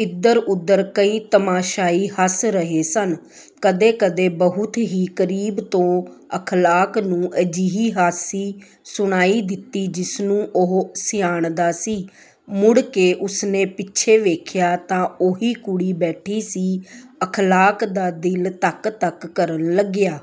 ਇੱਧਰ-ਉੱਧਰ ਕਈ ਤਮਾਸ਼ਾਈ ਹੱਸ ਰਹੇ ਸਨ। ਕਦੇ-ਕਦੇ ਬਹੁਤ ਹੀ ਕਰੀਬ ਤੋਂ ਅਖ਼ਲਾਕ ਨੂੰ ਅਜਿਹੀ ਹਾਸੀ ਸੁਣਾਈ ਦਿੱਤੀ ਜਿਸਨੂੰ ਉਹ ਸਿਆਣਦਾ ਸੀ। ਮੁੜ ਕੇ ਉਸਨੇ ਪਿੱਛੇ ਵੇਖਿਆ ਤਾਂ ਉਹੀ ਕੁੜੀ ਬੈਠੀ ਸੀ। ਅਖ਼ਲਾਕ ਦਾ ਦਿਲ ਧੱਕ-ਧੱਕ ਕਰਨ ਲੱਗਿਆ।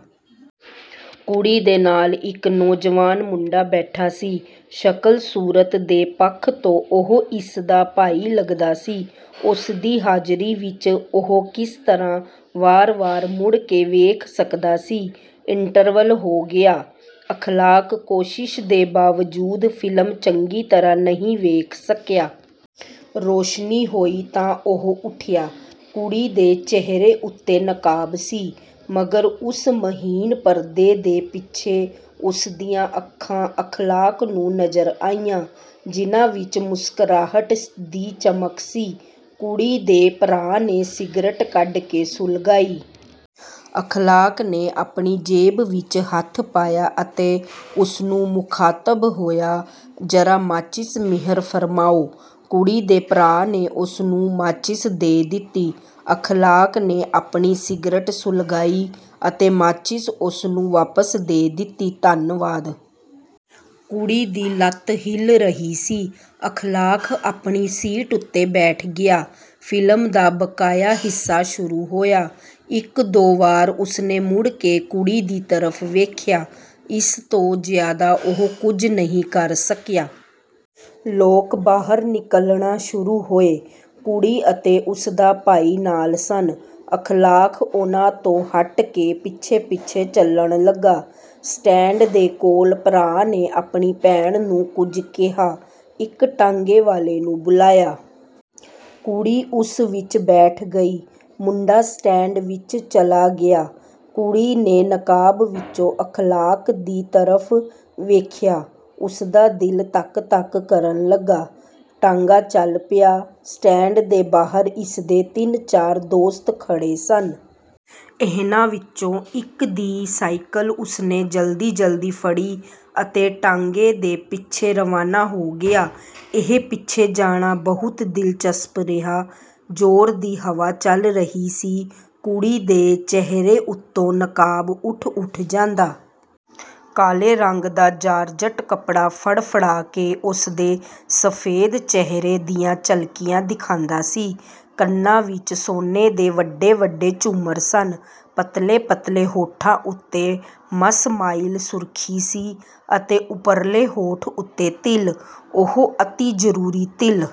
ਕੁੜੀ ਦੇ ਨਾਲ ਇੱਕ ਨੌਜਵਾਨ ਮੁੰਡਾ ਬੈਠਾ ਸੀ। ਸ਼ਕਲ-ਸੂਰਤ ਦੇ ਪੱਖ ਤੋਂ ਉਹ ਇਸਦਾ ਭਾਈ ਲੱਗਦਾ ਸੀ। ਉਸਦੀ ਹਾਜ਼ਰੀ ਵਿੱਚ ਉਹ ਕਿਸ ਤਰ੍ਹਾਂ ਵਾਰ-ਵਾਰ ਮੁੜ ਕੇ ਵੇਖ ਸਕਦਾ ਸੀ। ਇੰਟਰਵਲ ਹੋ ਗਿਆ। ਅਖ਼ਲਾਕ ਕੋਸ਼ਿਸ਼ ਦੇ ਬਾਵਜੂਦ ਫਿਲਮ ਚੰਗੀ ਤਰ੍ਹਾਂ ਨਹੀਂ ਵੇਖ ਸਕਿਆ। ਰੋਸ਼ਨੀ ਹੋਈ ਤਾਂ ਉਹ ਉੱਠਿਆ। ਕੁੜੀ ਦੇ ਚਿਹਰੇ ਉੱਤੇ ਨਕਾਬ ਸੀ, ਮਗਰ ਉਸ ਮਹੀਨ ਪਰਦੇ ਦੇ ਪਿੱਛੇ ਉਸਦੀਆਂ ਅੱਖਾਂ ਅਖ਼ਲਾਕ ਨੂੰ ਨਜ਼ਰ ਆਈਆਂ, ਜਿਨ੍ਹਾਂ ਵਿੱਚ ਮੁਸਕੁਰਾਹਟ ਦੀ ਚਮਕ ਸੀ। ਕੁੜੀ ਦੇ ਭਰਾ ਨੇ ਸਿਗਰਟ ਕੱਢ ਕੇ ਸੁਲਗਾਈ। ਅਖ਼ਲਾਕ ਨੇ ਆਪਣੀ ਜੇਬ ਵਿੱਚ ਹੱਥ ਪਾਇਆ ਅਤੇ ਉਸਨੂੰ ਮੁਖ਼ਾਤਬ ਹੋਇਆ, "ਜਰਾ ਮਾਚਿਸ ਮਿਹਰ ਫ਼ਰਮਾਓ।" ਕੁੜੀ ਦੇ ਭਰਾ ਨੇ ਉਸਨੂੰ ਮਾਚਿਸ ਦੇ ਦਿੱਤੀ। ਅਖ਼ਲਾਕ ਨੇ ਆਪਣੀ ਸਿਗਰਟ ਸੁਲਗਾਈ ਅਤੇ ਮਾਚਿਸ ਉਸਨੂੰ ਵਾਪਸ ਦੇ ਦਿੱਤੀ, "ਧੰਨਵਾਦ।" ਕੁੜੀ ਦੀ ਲੱਤ ਹਿੱਲ ਰਹੀ ਸੀ। ਅਖ਼ਲਾਕ ਆਪਣੀ ਸੀਟ ਉੱਤੇ ਬੈਠ ਗਿਆ। ਫਿਲਮ ਦਾ ਬਕਾਇਆ ਹਿੱਸਾ ਸ਼ੁਰੂ ਹੋਇਆ। ਇੱਕ-ਦੋ ਵਾਰ ਉਸਨੇ ਮੁੜ ਕੇ ਕੁੜੀ ਦੀ ਤਰਫ਼ ਵੇਖਿਆ। ਇਸ ਤੋਂ ਜ਼ਿਆਦਾ ਉਹ ਕੁੱਝ ਨਹੀਂ ਕਰ ਸਕਿਆ। ਲੋਕ ਬਾਹਰ ਨਿਕਲਣਾ ਸ਼ੁਰੂ ਹੋਏ। ਕੁੜੀ ਅਤੇ ਉਸਦਾ ਭਾਈ ਨਾਲ ਸਨ। ਅਖ਼ਲਾਕ ਉਨ੍ਹਾਂ ਤੋਂ ਹੱਟ ਕੇ ਪਿੱਛੇ-ਪਿੱਛੇ ਚਲਣ ਲੱਗਾ। ਸਟੈਂਡ ਦੇ ਕੋਲ ਭਰਾ ਨੇ ਆਪਣੀ ਭੈਣ ਨੂੰ ਕੁੱਝ ਕਿਹਾ। ਇੱਕ ਟਾਂਗੇ ਵਾਲੇ ਨੂੰ ਬੁਲਾਇਆ। ਕੁੜੀ ਉਸ ਵਿੱਚ ਬੈਠ ਗਈ। ਮੁੰਡਾ ਸਟੈਂਡ ਵਿੱਚ ਚਲਾ ਗਿਆ। ਕੁੜੀ ਨੇ ਨਕਾਬ ਵਿੱਚੋਂ ਅਖ਼ਲਾਕ ਦੀ ਤਰਫ਼ ਵੇਖਿਆ। ਉਸਦਾ ਦਿਲ ਧੱਕ-ਧੱਕ ਕਰਨ ਲੱਗਾ। ਟਾਂਗਾ ਚੱਲ ਪਿਆ। ਸਟੈਂਡ ਦੇ ਬਾਹਰ ਇਸਦੇ ਤਿੰਨ-ਚਾਰ ਦੋਸਤ ਖੜ੍ਹੇ ਸਨ। ਇਹਨਾਂ ਵਿੱਚੋਂ ਇੱਕ ਦੀ ਸਾਈਕਲ ਉਸਨੇ ਜਲਦੀ-ਜਲਦੀ ਫੜੀ ਅਤੇ ਟਾਂਗੇ ਦੇ ਪਿੱਛੇ ਰਵਾਨਾ ਹੋ ਗਿਆ। ਇਹ ਪਿੱਛੇ ਜਾਣਾ ਬਹੁਤ ਦਿਲਚਸਪ ਰਿਹਾ। ਜ਼ੋਰ ਦੀ ਹਵਾ ਚੱਲ ਰਹੀ ਸੀ। ਕੁੜੀ ਦੇ ਚਿਹਰੇ ਉੱਤੋਂ ਨਕਾਬ ਉੱਠ-ਉੱਠ ਜਾਂਦਾ। ਕਾਲੇ ਰੰਗ ਦਾ ਜਾਰਜਟ ਕੱਪੜਾ ਫੜਫੜਾ ਕੇ ਉਸਦੇ ਸਫੈਦ ਚਿਹਰੇ ਦੀਆਂ ਝਲਕੀਆਂ ਦਿਖਾਂਦਾ ਸੀ। ਕੰਨਾਂ ਵਿੱਚ ਸੋਨੇ ਦੇ ਵੱਡੇ-ਵੱਡੇ ਝੂਮਰ ਸਨ। ਪਤਲੇ-ਪਤਲੇ ਹੋਠਾਂ ਉੱਤੇ ਮੱਸ-ਮਾਇਲ ਸੁਰਖੀ ਸੀ ਅਤੇ ਉਪਰਲੇ ਹੋਠ ਉੱਤੇ ਤਿਲ, ਉਹ ਅਤਿ ਜ਼ਰੂਰੀ ਤਿਲ।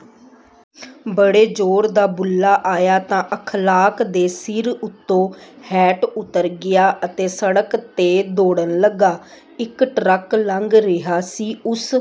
ਬੜੇ ਜ਼ੋਰ ਦਾ ਬੁੱਲਾ ਆਇਆ ਤਾਂ ਅਖ਼ਲਾਕ ਦੇ ਸਿਰ ਉੱਤੋਂ ਹੈਟ ਉੱਤਰ ਗਿਆ ਅਤੇ ਸੜਕ ਤੇ ਦੌੜਨ ਲੱਗਾ। ਇੱਕ ਟਰੱਕ ਲੰਘ ਰਿਹਾ ਸੀ। ਉਸ